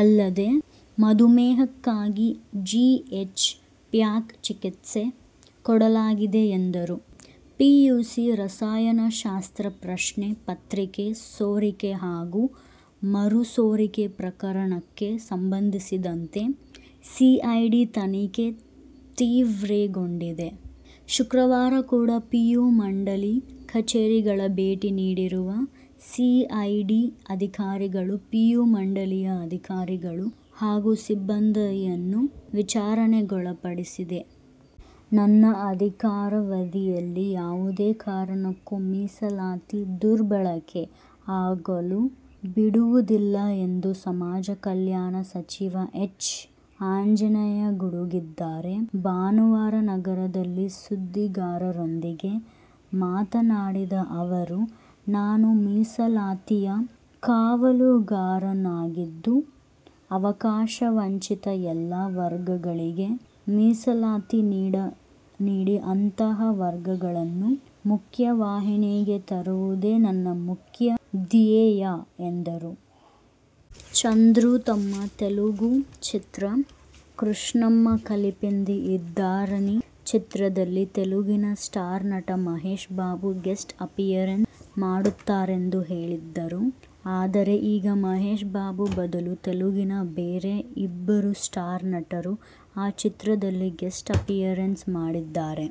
ಅಲ್ಲದೇ, ಮಧುಮೇಹಕ್ಕಾಗಿ G. H. Pack ಚಿಕಿತ್ಸೆ ಕೊಡಲಾಗಿದೆ ಎಂದರು. ಪಿಯುಸಿ ರಸಾಯನಶಾಸ್ತ್ರ ಪ್ರಶ್ನೆ ಪತ್ರಿಕೆ ಸೋರಿಕೆ ಹಾಗೂ ಮರು ಸೋರಿಕೆ ಪ್ರಕರಣಕ್ಕೆ ಸಂಬಂಧಿಸಿದಂತೆ ಸಿಐಡಿ ತನಿಖೆ ತೀವ್ರಗೊಂಡಿದೆ. ಶುಕ್ರವಾರ ಕೂಡ ಪಿಯು ಮಂಡಳಿ ಕಚೇರಿಗೆ ಭೇಟಿ ನೀಡಿರುವ ಸಿಐಡಿ ಅಧಿಕಾರಿಗಳು ಪಿಯು ಮಂಡಳಿಯ ಅಧಿಕಾರಿಗಳು ಹಾಗೂ ಸಿಬ್ಬಂದಿಯನ್ನು ವಿಚಾರಣೆಗೊಳಪಡಿಸಿದೆ. ನನ್ನ ಅಧಿಕಾರಾವಧಿಯಲ್ಲಿ ಯಾವುದೇ ಕಾರಣಕ್ಕೂ ಮೀಸಲಾತಿ ದುರ್ಬಳಕೆ ಆಗಲು ಬಿಡುವುದಿಲ್ಲ ಎಂದು ಸಮಾಜಕಲ್ಯಾಣ ಸಚಿವ ಎಚ್. ಆಂಜನೇಯ ಗುಡುಗಿದ್ದಾರೆ. ಭಾನುವಾರ ನಗರದಲ್ಲಿ ಸುದ್ದಿಗಾರರೊಂದಿಗೆ ಮಾತನಾಡಿದ ಅವರು, "ನಾನು ಮೀಸಲಾತಿಯ ಕಾವಲುಗಾರನಾಗಿದ್ದು, ಅವಕಾಶವಂಚಿತ ಎಲ್ಲಾ ವರ್ಗಗಳಿಗೆ ಮೀಸಲಾತಿ ನೀಡಿ ಅಂತಹ ವರ್ಗಗಳನ್ನು ಮುಖ್ಯವಾಹಿನಿಗೆ ತರುವುದೇ ನನ್ನ ಮುಖ್ಯ ಧ್ಯೇಯ' ಎಂದರು. ಚಂದ್ರು ತಮ್ಮ ತೆಲುಗು ಚಿತ್ರ "ಕೃಷ್ಣಮ್ಮ ಕಲಿಪಿಂದಿ ಇದ್ದಾರನಿ' ಚಿತ್ರದಲ್ಲಿ ತೆಲುಗಿನ ಸ್ಟಾರ್ ನಟ ಮಹೇಶ್ ಬಾಬು ಗೆಸ್ಟ್ ಅಪಿಯರೆನ್ಸ್ ಮಾಡುತ್ತಾರೆಂದು ಹೇಳಿದ್ದರು. ಆದರೆ, ಈಗ ಮಹೇಶ್ ಬಾಬು ಬದಲು ತೆಲುಗಿನ ಬೇರೆ ಇಬ್ಬರು ಸ್ಟಾರ್ ನಟರು ಆ ಚಿತ್ರದಲ್ಲಿ ಗೆಸ್ಟ್ ಅಪಿಯರೆನ್ಸ್ ಮಾಡಿದ್ದಾರೆ.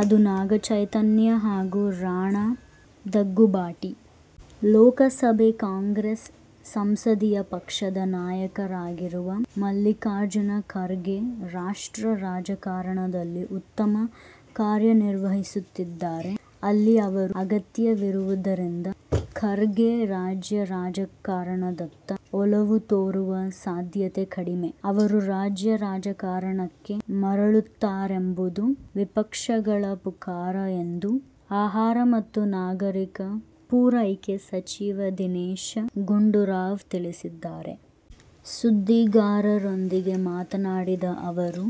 ಅದು ನಾಗಚೈತನ್ಯ ಹಾಗೂ ರಾಣಾ ದಗ್ಗುಬಾಟಿ. ಲೋಕಸಭೆ ಕಾಂಗ್ರೆಸ್ ಸಂಸದೀಯ ಪಕ್ಷದ ನಾಯಕರಾಗಿರುವ ಮಲ್ಲಿಕಾರ್ಜುನ ಖರ್ಗೆ ರಾಷ್ಟ್ರ ರಾಜಕಾರಣದಲ್ಲಿ ಉತ್ತಮ ಕಾರ್ಯನಿರ್ವಹಿಸುತ್ತಿದ್ದಾರೆ. ಅಲ್ಲಿ ಅವರ ಅಗತ್ಯವಿರುವುದರಿಂದ ಖರ್ಗೆ ರಾಜ್ಯ ರಾಜಕಾರಣದತ್ತ ಒಲವು ತೋರುವ ಸಾಧ್ಯತೆ ಕಡಿಮೆ. ಅವರು ರಾಜ್ಯ ರಾಜಕಾರಣಕ್ಕೆ ಮರಳುತ್ತಾರೆಂಬುದು ವಿಪಕ್ಷಗಳ ಪುಕಾರು ಎಂದು ಆಹಾರ ಮತ್ತು ನಾಗರಿಕ ಪೂರೈಕೆ ಸಚಿವ ದಿನೇಶ ಗುಂಡೂರಾವ್ ತಿಳಿಸಿದ್ದಾರೆ. ಸುದ್ದಿಗಾರರೊಂದಿಗೆ ಮಾತನಾಡಿದ ಅವರು,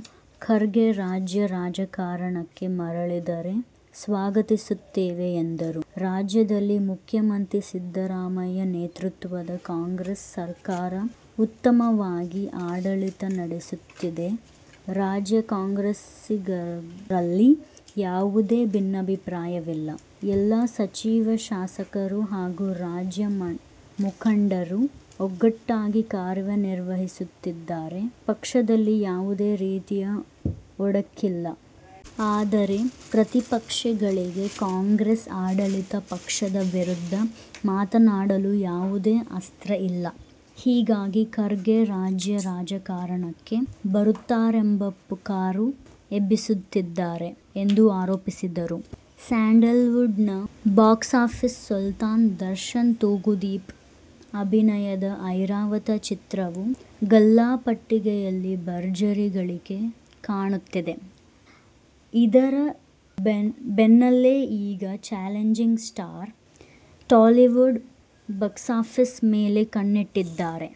ಖರ್ಗೆ ರಾಜ್ಯ ರಾಜಕಾರಣಕ್ಕೆ ಮರಳಿದರೆ ಸ್ವಾಗತಿಸುತ್ತೇವೆ ಎಂದರು. ರಾಜ್ಯದಲ್ಲಿ ಮುಖ್ಯಮಂತ್ರಿ ಸಿದ್ದರಾಮಯ್ಯ ನೇತೃತ್ವದ ಕಾಂಗ್ರೆಸ್ ಸರ್ಕಾರ ಉತ್ತಮವಾಗಿ ಆಡಳಿತ ನಡೆಸುತ್ತಿದೆ. ರಾಜ್ಯ ಕಾಂಗ್ರೆಸ್ಸಿಗರಲ್ಲಿ ಯಾವುದೇ ಭಿನ್ನಾಭಿಪ್ರಾಯವಿಲ್ಲ. ಎಲ್ಲ ಸಚಿವ-ಶಾಸಕರು ಹಾಗೂ ರಾಜ್ಯ ಮುಖಂಡರು ಒಗ್ಗಟ್ಟಾಗಿ ಕಾರ್ಯನಿರ್ವಹಿಸುತ್ತಿದ್ದಾರೆ. ಪಕ್ಷದಲ್ಲಿ ಯಾವುದೇ ರೀತಿಯ ಒಡಕಿಲ್ಲ. ಆದರೆ ಪ್ರತಿಪಕ್ಷಗಳಿಗೆ ಕಾಂಗ್ರೆಸ್ ಆಡಳಿತ ಪಕ್ಷದ ವಿರುದ್ಧ ಮಾತನಾಡಲು ಯಾವುದೇ ಅಸ್ತ್ರ ಇಲ್ಲ. ಹೀಗಾಗಿ ಖರ್ಗೆ ರಾಜ್ಯ ರಾಜಕಾರಣಕ್ಕೆ ಬರುತ್ತಾರೆಂಬ ಪುಕಾರು ಎಬ್ಬಿಸುತ್ತಿದ್ದಾರೆ ಎಂದು ಆರೋಪಿಸಿದರು. ಸ್ಯಾಂಡಲ್ ವುಡ್'ನ ಬಾಕ್ಸಾಫೀಸ್ ಸುಲ್ತಾನ್ ದರ್ಶನ್ ತೂಗುದೀಪ್ ಅಭಿನಯದ ಐರಾವತ ಚಿತ್ರವು ಗಲ್ಲಾಪೆಟ್ಟಿಗೆಯಲ್ಲಿ ಭರ್ಜರಿ ಗಳಿಕೆ ಕಾಣುತ್ತಿದೆ. ಇದರ ಬೆನ್ನಲ್ಲೇ ಈಗ ಚಾಲೆಂಜಿಂಗ್ ಸ್ಟಾರ್ ಟಾಲಿವುಡ್ ಬಾಕ್ಸಾಫೀಸ್ ಮೇಲೆ ಕಣ್ಣಿಟ್ಟಿದ್ದಾರೆ.